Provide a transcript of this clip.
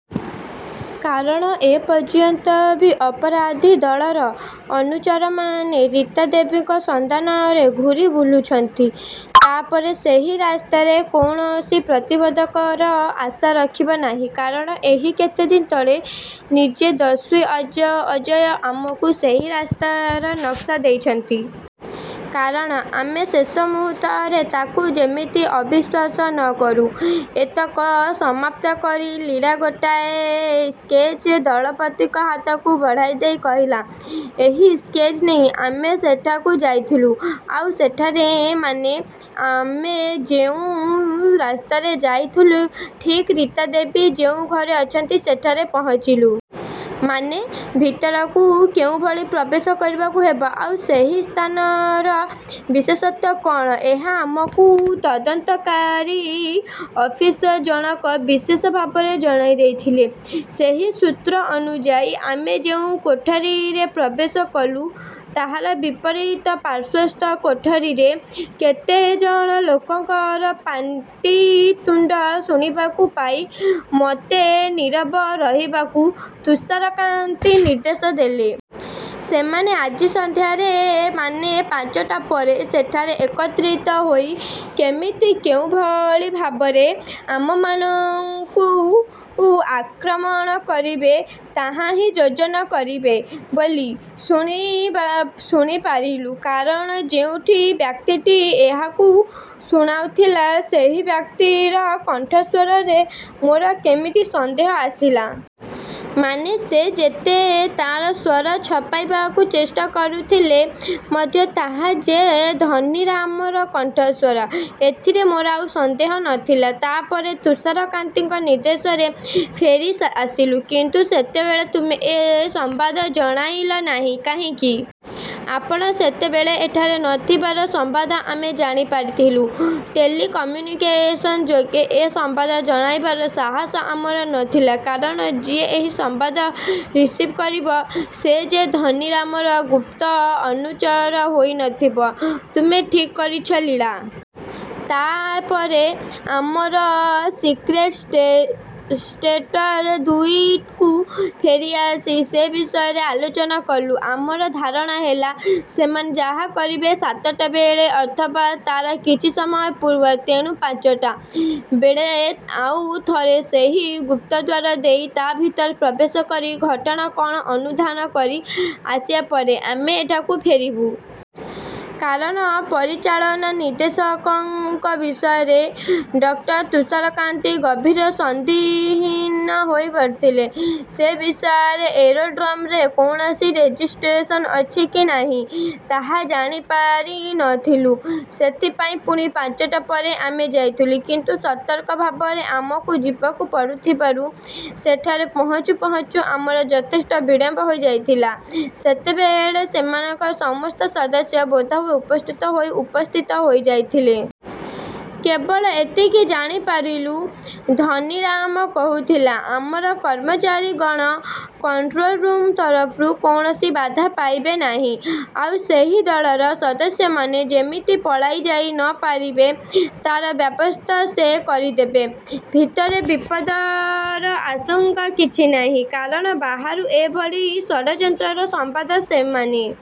କାରଣ ଏ ପର୍ଯ୍ୟନ୍ତ ବି ଅପରାଧୀ ଦଳର ଅନୁଚରମାନେ ରୀତା ଦେବୀଙ୍କ ସନ୍ଧାନରେ ଘୁରି ବୁଲୁଛନ୍ତି। ତା ପରେ ସେହି ରାସ୍ତାରେ କୌଣସି ପ୍ରତିବନ୍ଧକର ଆଶା ରଖିବ ନାହିଁ। କାରଣ ଏହି କେତେଦିନ ତଳେ ନିଜେ ଦସ୍ୟୁ ଅଜୟ ଆମକୁ ସେହି ରାସ୍ତାର ନକ୍ସା ଦେଇଛି। କାରଣ ଆମେ ଶେଷ ମୁହୂର୍ତ୍ତରେ ତାକୁ ଯେମିତି ଅବିଶ୍ୱାସ ନ କରୁ। ଏତକ ସମାପ୍ତ କରି ଲୀଳା ଗୋଟାଏ ସ୍କେଚ୍ ଦଳପତିଙ୍କ ହାତକୁ ବଢ଼ାଇ ଦେଇ କହିଲା-ଏହି ସ୍କେଚ୍ ନେଇ ଆମେ ସେଠାକୁ ଯାଇଥିଲୁ। ଆଉ ସେଠାରେ, ମାନେ ଆମେ ଯେଉଁ ରାସ୍ତାରେ ଯାଇଥିଲୁ, ଠିକ୍ ରୀତା ଦେବୀ ଯେଉଁ ଘରେ ଅଛନ୍ତି ସେଠାରେ ପହଞ୍ଚିଲୁ-। ମାନେ, ଭିତରକୁ କେଉଁଭଳି ପ୍ରବେଶ କରିବାକୁ ହେବ ଆଉ ସେହି ସ୍ଥାନର ବିଶେଷତ୍ୱ କଣ, ଏହା ଆମକୁ ତଦନ୍ତକାରୀ ଅଫିସର ଜଣକ ବିଶେଷ ଭାବରେ ଜଣାଇ ଦେଇଥିଲେ। ସେହି ସୂତ୍ର ଅନୁଯାୟୀ ଆମେ ଯେଉଁ କୋଠରିରେ ପ୍ରବେଶ କଲୁ, ତାହାର ବିପରୀତ ପାର୍ଶ୍ୱସ୍ଥ କୋଠରିରେ କେତେ ଜଣ ଲୋକଙ୍କର ପାଟିତୁଣ୍ଡ ଶୁଣିବାକୁ ପାଇ ମୋତେ ନିରବ ରହିବାକୁ ତୁଷାରକାନ୍ତି ନିର୍ଦ୍ଦେଶ ଦେଲେ। ସେମାନେ ଆଜି ସନ୍ଧ୍ୟାରେ, ମାନେ ପାଞ୍ଚଟା ପରେ ସେଠାରେ ଏକତ୍ରିତ ହୋଇ କେମିତି କେଉଁଭଳି ଭାବରେ ଆମମାନଙ୍କୁ ଆକ୍ରମଣ କରିବେ, ତାହାରି ଯୋଜନା କରିବେ ବୋଲି ଶୁଣି ପାରିଲୁ। କାରଣ ଯେଉଁ ବ୍ୟକ୍ତିଟି ଏହା ଶୁଣାଉଥିଲା, ସେହି ବ୍ୟକ୍ତିର କଣ୍ଠସ୍ୱରରେ ମୋର କେମିତି ସନ୍ଦେହ ଆସିଲା। ମାନେ ସେ ଯେତେ ତାର ସ୍ୱର ଛପାଇବାକୁ ଚେଷ୍ଟା କରୁଥିଲେ ମଧ୍ୟ ତାହା ଯେ ଧନୀରାମ ର କଣ୍ଠସ୍ୱର, ଏଥିରେ ମୋର ଆଉ ସନ୍ଦେହ ନ ଥିଲା। ତା ପରେ ତୁଷାରକାନ୍ତିଙ୍କ ନିର୍ଦ୍ଦେଶରେ ଫେରି ଆସିଲୁ। କିନ୍ତୁ ସେତେବେଳେ ତୁମେ ଏ ସମ୍ବାଦ ଜଣାଇଲ ନାହିଁ କାହିଁକି? ଆପଣ ସେତେବେଳେ ଏଠାରେ ନ ଥିବାର ସମ୍ବାଦ ଆମେ ଜାଣିପାରିଥିଲୁ। ଟେଲି-କମ୍ୟୁନିକେସନ୍ ଯୋଗେ ଏ ସମ୍ବାଦ ଜଣାଇବାର ସାହସ ଆମର ନ ଥିଲା। କାରଣ ଯିଏ ଏହି ସମ୍ବାଦ ରିସିଭ୍ କରିବ, ସେ ଯେ ଧନୀରାମର ଗୁପ୍ତ ଅନୁଚର ହୋଇ ନ ଥିବ ତୁମେ ଠିକ୍ କରିଛ, ଲୀଳା। ତା ପରେ ଆମର ସିକ୍ରେଟ୍ ସେଣ୍ଟର ଦୁଇକୁ ଫେରିଆସି ସେ ବିଷୟରେ ଆଲୋଚନା କଲୁ। ଆମର ଧାରଣା ହେଲା ସେମାନେ ଯାହା କରିବେ, ସାତଟାବେଳେ ଅଥବା ତାର କିଛି ସମୟ ପୂର୍ବରୁ ତେଣୁ ପାଞ୍ଚଟା। ବେଳେ ଆଉ ଥରେ ସେହି ଗୁପ୍ତଦ୍ୱାର ଦେଇ ତା ଭିତରେ ପ୍ରବେଶ କରି ଘଟଣା କଣ ଅନୁଧ୍ୟାନ କରି ଆସିବା ପରେ ଆମେ ଏଠାକୁ ଫେରିବୁ। କାରଣ ପରିଚାଳନା-ନିର୍ଦ୍ଦେଶକଙ୍କ ବିଷୟରେ ଡ: ତୁଷାରକାନ୍ତି ଗଭୀର ସନ୍ଦିହୀନ ହୋଇ ପଡ଼ିଥିଲେ। ସେ ବିଷୟରେ ଏରୋଡ୍ରମରେ କୌଣସି ରେଜିଷ୍ଟ୍ରେସନ ଅଛି କି ନାହିଁ, ତାହା ଜାଣିପାରି ନ ଥିଲୁ। ସେଥିପାଇଁ ପୁଣି ପାଞ୍ଚଟା ପରେ ଆମେ ଯାଇଥିଲୁ। କିନ୍ତୁ ସତର୍କ ଭାବରେ ଆମକୁ ଯିବାକୁ ପଡ଼ୁଥିବାରୁ ସେଠାରେ ପହଞ୍ଚୁ ପହଞ୍ଚୁ ଆମର ଯଥେଷ୍ଟ ବିଳମ୍ବ ହୋଇ ଯାଇଥିଲା ସେତେବେଳେ ସେମାନଙ୍କର ସମସ୍ତ ସଦସ୍ୟ ବୋଧହୁଏ ଉପସ୍ଥିତ ହୋଇ ଉପସ୍ଥିତ ହୋଇ ଯାଇଥିଲେ। କେବଳ ଏତିକି ଜାଣିପାରିଲୁ, ଧନୀରାମ କହୁଥିଲା-ଆମର କର୍ମଚାରୀଗଣ କଣ୍ଟ୍ରୋଲରୁମ ତରଫରୁ କୌଣସି ବାଧା ପାଇବେ ନାହିଁ। ଆଉ ସେହି ଦଳର ସଦସ୍ୟମାନେ ଯେମିତି ପଳାଇ ଯାଇ ନ ପାରିବେ, ତାର ବ୍ୟବସ୍ଥା ସେ କରିଦେବେ। ଭିତରେ ବିପଦର ଆଶଙ୍କା କିଛି ନାହିଁ। କାରଣ ବାହାରୁ ଏଭଳି ଷଡ଼ଯନ୍ତ୍ରର ସମ୍ବାଦ ସେମାନେ